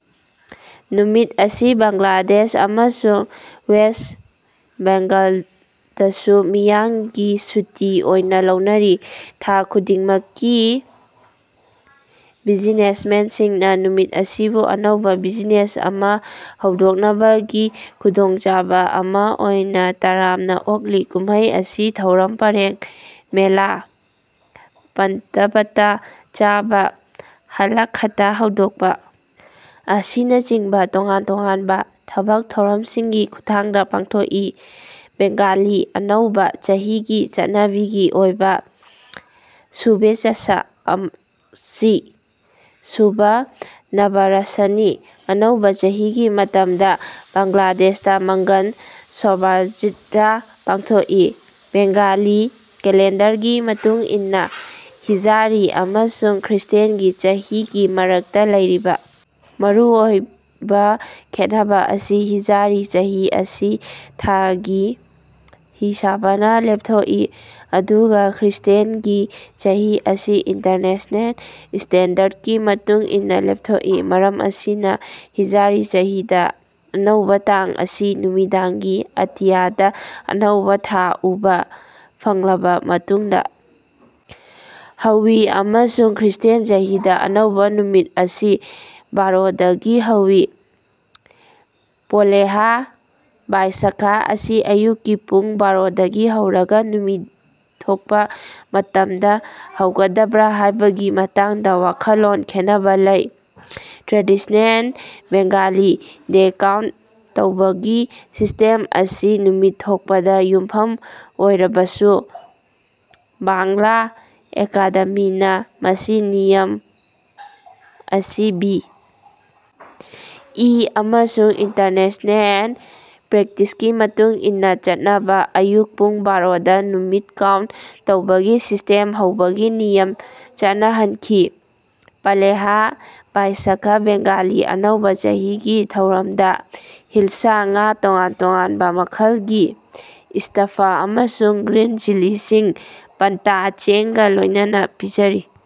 ꯅꯨꯃꯤꯠ ꯑꯁꯤ ꯕꯪꯒ꯭ꯂꯥꯗꯦꯁ ꯑꯃꯁꯨꯡ ꯋꯦꯁ꯭ꯠ ꯕꯦꯡꯒꯥꯜꯗꯁꯨ ꯃꯤꯌꯥꯝꯒꯤ ꯁꯨꯇꯤ ꯑꯣꯏꯅꯥ ꯂꯧꯅꯔꯤ꯫ ꯊꯥꯛ ꯈꯨꯗꯤꯡꯃꯛꯀꯤ ꯕꯤꯖꯤꯅꯦꯁꯃꯦꯟꯁꯤꯡꯅꯥ ꯅꯨꯃꯤꯠ ꯑꯁꯤꯕꯨ ꯑꯅꯧꯕꯥ ꯕꯤꯖꯤꯅꯦꯁ ꯑꯃꯥ ꯍꯧꯗꯣꯛꯅꯕꯒꯤ ꯈꯨꯗꯣꯡꯆꯥꯕꯥ ꯑꯃꯥ ꯑꯣꯏꯅ ꯇꯔꯥꯝꯅ ꯑꯣꯛꯂꯤ꯫ ꯀꯨꯝꯃꯩ ꯑꯁꯤ ꯊꯧꯔꯝ ꯄꯔꯦꯡ ꯃꯦꯂꯥ ꯄꯟꯇꯚꯇꯥ ꯆꯥꯕ ꯍꯥꯂꯈꯥꯇꯥ ꯍꯥꯡꯗꯣꯛꯄꯥ ꯑꯁꯤꯅꯆꯤꯡꯕꯥ ꯇꯣꯉꯥꯟ ꯇꯣꯉꯥꯟꯕꯥ ꯊꯕꯛ ꯊꯧꯔꯝꯁꯤꯡꯒꯤ ꯈꯨꯠꯊꯥꯡꯗꯥ ꯄꯥꯡꯊꯣꯛꯏ꯫ ꯕꯦꯡꯒꯂꯤ ꯑꯅꯧꯕꯥ ꯆꯍꯤꯒꯤ ꯆꯠꯅꯕꯤꯒꯤ ꯑꯣꯏꯕꯥ ꯁꯨꯚꯦꯆ꯭ꯁꯥ ꯑꯁꯤ ꯁꯨꯚ ꯅꯕꯥꯕꯔꯁꯅꯤ꯫ ꯑꯅꯧꯕ ꯆꯍꯤꯒꯤ ꯃꯇꯝꯗ ꯕꯦꯡꯒ꯭ꯂꯥꯗꯦꯁꯇꯥ ꯃꯪꯒꯜ ꯁꯣꯚꯥꯖꯥꯠꯔꯥ ꯄꯥꯡꯊꯣꯛꯏ꯫ ꯕꯦꯡꯒꯥꯂꯤ ꯀꯦꯂꯦꯟꯗꯔꯒꯤ ꯃꯇꯨꯡ ꯏꯟꯅꯥ ꯍꯤꯖꯔꯤ ꯑꯃꯁꯨꯡ ꯈ꯭ꯔ꯭ꯤꯁꯇ꯭ꯌꯥꯟꯒꯤ ꯆꯍꯤꯒꯤ ꯃꯔꯛꯇꯥ ꯂꯩꯔꯤꯕ ꯃꯔꯨ ꯑꯣꯏꯕꯥ ꯈꯦꯠꯅꯕ ꯑꯁꯤ ꯍꯤꯖꯔꯤ ꯆꯍꯤ ꯑꯁꯤ ꯊꯥꯒꯤ ꯍꯤꯁꯥꯕꯅꯥ ꯂꯦꯞꯊꯣꯛꯏ ꯑꯗꯨꯒꯥ ꯈ꯭ꯔ꯭ꯤꯁꯇ꯭ꯌꯥꯟꯒꯤ ꯆꯍꯤ ꯑꯁꯤ ꯏꯟꯇꯔꯅꯦꯁꯅꯦꯜ ꯁ꯭ꯇꯦꯟꯗꯔꯗꯀꯤ ꯃꯇꯨꯡ ꯏꯟꯅꯥ ꯂꯦꯞꯊꯣꯛꯏ꯫ ꯃꯔꯝ ꯑꯁꯤꯅꯥ ꯍꯤꯖꯔꯤ ꯆꯍꯤꯗꯥ ꯑꯅꯧꯕꯥ ꯇꯥꯡ ꯑꯁꯤ ꯅꯨꯃꯤꯗꯥꯡꯒꯤ ꯑꯇꯤꯌꯥꯗꯥ ꯑꯅꯧꯕꯥ ꯊꯥ ꯎꯕꯥ ꯐꯪꯂꯕꯥ ꯃꯇꯨꯡꯗꯥ ꯍꯧꯏ ꯑꯃꯁꯨꯡ ꯈ꯭ꯔ꯭ꯤꯁꯇ꯭ꯌꯥꯟ ꯆꯍꯤꯗꯥ ꯑꯅꯧꯕ ꯅꯨꯃꯤꯠ ꯑꯁꯤ ꯕꯥꯔꯣ ꯗꯒꯤ ꯍꯧꯏ꯫ ꯄꯣꯍꯦꯂꯥ ꯕꯥꯏꯁꯥꯈ ꯑꯁꯤ ꯑꯌꯨꯛꯀꯤ ꯄꯨꯡ ꯕꯥꯔꯣꯗꯒꯤ ꯍꯧꯔꯒꯥ ꯅꯨꯃꯤꯠ ꯊꯣꯛꯄꯥ ꯃꯇꯝꯗꯥ ꯍꯧꯒꯗꯕꯔꯥ ꯍꯥꯏꯕꯒꯤ ꯃꯇꯥꯡꯗꯥ ꯋꯥꯈꯜꯂꯣꯟ ꯈꯦꯟꯅꯕꯥ ꯂꯩ꯫ ꯇ꯭ꯔꯦꯗꯤꯁꯅꯦꯜ ꯕꯦꯡꯒꯂꯤ ꯗꯦ ꯀꯥꯎꯟꯇ ꯇꯧꯕꯒꯤ ꯁꯤꯁ꯭ꯇꯦꯝ ꯑꯁꯤ ꯅꯨꯃꯤꯠ ꯊꯣꯛꯄꯗ ꯌꯨꯝꯐꯝ ꯑꯣꯏꯔꯕꯁꯨ ꯕꯥꯡꯂꯥ ꯑꯦꯀꯥꯗꯦꯃꯤꯅꯥ ꯃꯁꯤꯒꯤ ꯅꯤꯌꯝ ꯑꯁꯤ ꯕꯤ. ꯏ. ꯑꯃꯁꯨꯡ ꯏꯟꯇꯔꯅꯦꯁꯅꯦꯜ ꯄ꯭ꯔꯦꯛꯇꯤꯁꯀꯤ ꯃꯇꯨꯡ ꯏꯟꯅꯥ ꯆꯠꯅꯕ ꯑꯌꯨꯛ ꯄꯨꯡ ꯕꯥꯔꯣꯗꯥ ꯅꯨꯃꯤꯠ ꯀꯥꯎꯟꯇ ꯇꯧꯕꯒꯤ ꯁꯤꯁ꯭ꯇꯦꯝ ꯍꯧꯕꯒꯤ ꯅꯤꯌꯝ ꯆꯠꯅꯍꯟꯈꯤ꯫ ꯄꯥꯍꯦꯂꯥ ꯕꯥꯏꯁꯥꯈ ꯕꯦꯡꯒꯥꯂꯤ ꯑꯅꯧꯕꯥ ꯆꯍꯤꯒꯤ ꯊꯧꯔꯝꯗꯥ ꯍꯤꯜꯁꯥ ꯉꯥ ꯇꯣꯉꯥꯟ ꯇꯣꯉꯥꯟꯕꯥ ꯃꯈꯜꯒꯤ ꯁ꯭ꯇꯐ ꯑꯃꯁꯨꯡ ꯒ꯭ꯔꯤꯟ ꯆꯤꯂꯤꯁꯤꯡ ꯄꯟꯇꯥ ꯆꯦꯡꯒꯥ ꯂꯣꯏꯅꯅꯥ ꯄꯤꯖꯔꯤ꯫